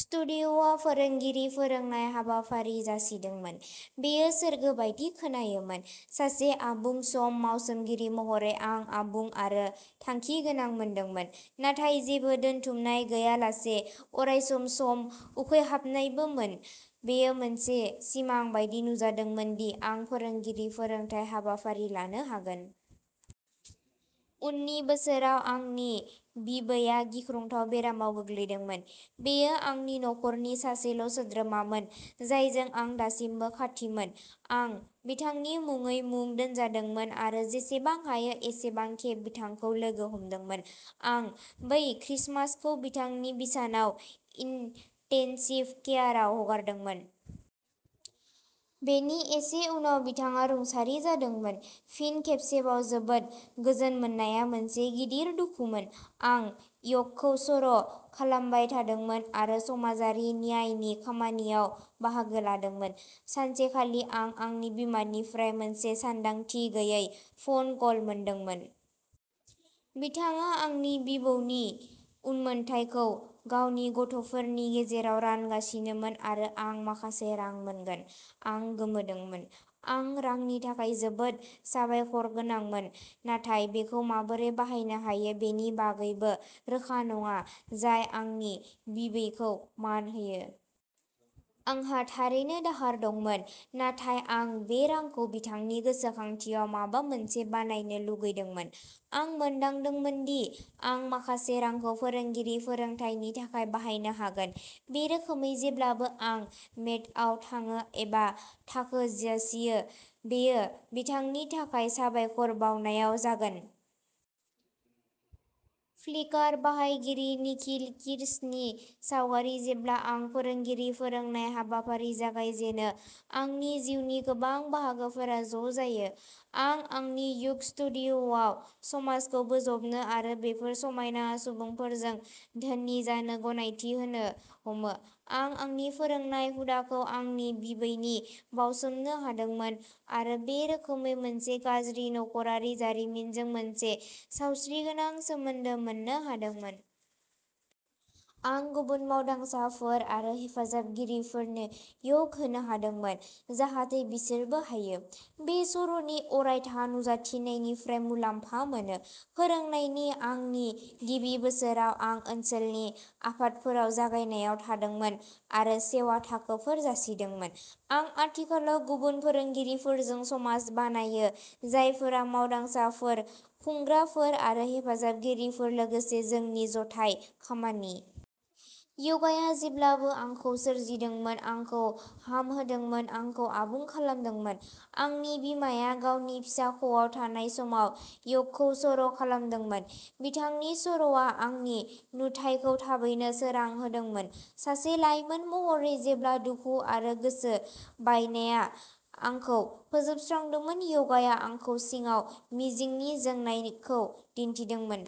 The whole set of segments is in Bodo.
स्टुडिय'आ फोरोंगिरि फोरोंनाय हाबाफारि जासिदोंमोन। बेयो सोरगो बायदि खोनायोमोन। सासे आबुं सम मावसोमगिरि महरै आं आबुं आरो थांखिगोनां मोनदोंमोन नाथाय जेबो दोनथुमनाय गैयालासे अरायसम सम उखैहाबनायबो मोन। बेयो मोनसे सिमां बायदि नुजादोंमोन दि आं फोरोंगिरि फोरोंथाय हाबाफारि लानो हागोन। उननि बोसोराव आंनि बिबैया गिख्रंथाव बेरामाव गोग्लैदोंमोन। बियो आंनि न'खरनि सासेल' सोद्रोमामोन जायजों आं दासिमबो खाथिमोन। आं बिथांनि मुङै मुं दोनजादोंमोन आरो जेसेबां हायो एसेबां खेब बिथांखौ लोगो हमदोंमोन। आं बै क्रिसमासखौ बिथांनि बिसानाव इन्टेन्सिभ केयाराव हगारदोंमोन। बेनि एसे उनाव बिथाङा रुंसारि जादोंमोन। फिन खेबसेबाव जोबोद गोजोन मोननाया मोनसे गिदिर दुखुमोन। आं य'गखौ सर' खालामबाय थादोंमोन आरो समाजारि न्यायनि खामानियाव बाहागो लादोंमोन। सानसेखालि आं आंनि बिमानिफ्राय मोनसे सानदांथि गैयै फ'न कल मोनदोंमोन। बिथाङा आंनि बिबौनि उनमोनथायखौ गावनि गथ'फोरनि गेजेराव रानगासिनोमोन आरो आं माखासे रां मोनगोन। आं गोमोदोंमोन। आं रांनि थाखाय जोबोद साबायखरगोनांमोन। नाथाय बेखौ माबोरै बाहायनो हायो बेनि बागैबो रोखा नङा जाय आंनि बिबैखौ मान होयो। आंहा थारैनो दाहार दंमोन नाथाय आं बे रांखौ बिथांनि गोसोखांथियाव माबा मोनसे बानायनो लुगैदोंमोन। आं मोनदांदोंमोन दि आं माखासे रांखौ फोरोंगिरि फोरोंथायनि थाखाय बाहायनो हागोन। बे रोखोमै जेब्लानो आं मेटआव थाङो एबा थाखो जासियो बेयो बिथांनि थाखाय साबायखर बावनायाव जागोन। फ्लिकार बाहायगिरि निखिल किर्शनि सावगारि जेब्ला आं फोरोंगिरि फोरोंनाय हाबाफारि जागायजेनो आंनि जिउनि गोबां बाहागोफोरा ज' जायो। आं आंनि य'ग स्टुडिय'आव समाजखौ बोजबनो आरो बेफोर समायना सुबुंफोरजों धोनि जानो गनायथि होनो हमो। आं आंनि फोरोंनाय हुदाखौ आंनि बिबैनो बावसोमनो हादोंमोन आरो बे रोखोमै मोनसे गाज्रि न'ख'रारि जारिमिनजों मोनसे सावस्रिगोनां सोमोन्दो मोन्नो हादोंमोन। आं गुबुन मावदांसाफोर आरो हेफाजाबगिरिफोरनो य'ग होनो हादोंमोन जाहाथे बिसोरबो हायो। बे सर'नि अरायथा नुजाथिनायनिफ्राय मुलाम्फा मोनो। फोरोंनायनि आंनि गिबि बोसोराव आं ओनसोलनि आफादफोराव जायगायाव थांदोंमोन आरो सेवा थाखोफोर जासिदोंमोन। आं आथिखालाव गुबुन फोरोंगिरिफोरजों समाज बानायो जायफोरा मावदांसाफोर खुंग्राफोर आरो हेफाजाबगिरिफोर लोगोसे जोंनि जथाय खामानि। य'गाया जेब्लाबो आंखौ सोरजिदोंमोन आंखौ हामहोदोंमोन आंखौ आबुं खालामदोंमोन। आंनि बिमाया गावनि फिसाख'आव थानाय समाव य'गखौ सर' खालामदोंमोन। बिथांनि सर'आ आंनि नुथायखौ थाबैनो सोरां होदोंमोन। सासे लाइमोन महरै जेब्ला दुखु आरो गोसो बायनाया आंखौ फोजोबस्रांदोंमोन य'गाया आंखौ सिङाव मिजिंनि जोंनायखौ दिन्थिदोंमोन।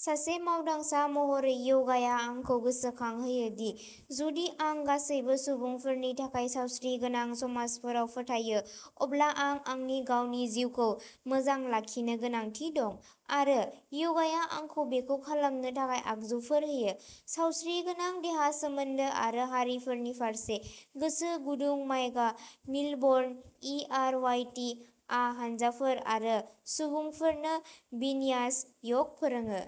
सासे मावदांसा महरै य'गाया आंखौ गोसोखांहोयो दि जुदि आं गासैबो सुबुंफोरनि थाखाय सावस्रिगोनां समाजफोराव फोथायो अब्ला आं आंनि गावनि जिउखौ मोजां लाखिनो गोनांथि दं। आरो य'गाया आंखौ बेखौ खालामनो थाखाय आगजुफोर होयो। सावस्रिगोनां देहा सोमोन्दो आरो हारिफोरनि फारसे गोसो गुदुं माइगा मिलबर्न इ-आर. वाइ. टि. आ हानजाफोर आरो सुबुंफोरनो बिन्यास य'ग फोरोङो।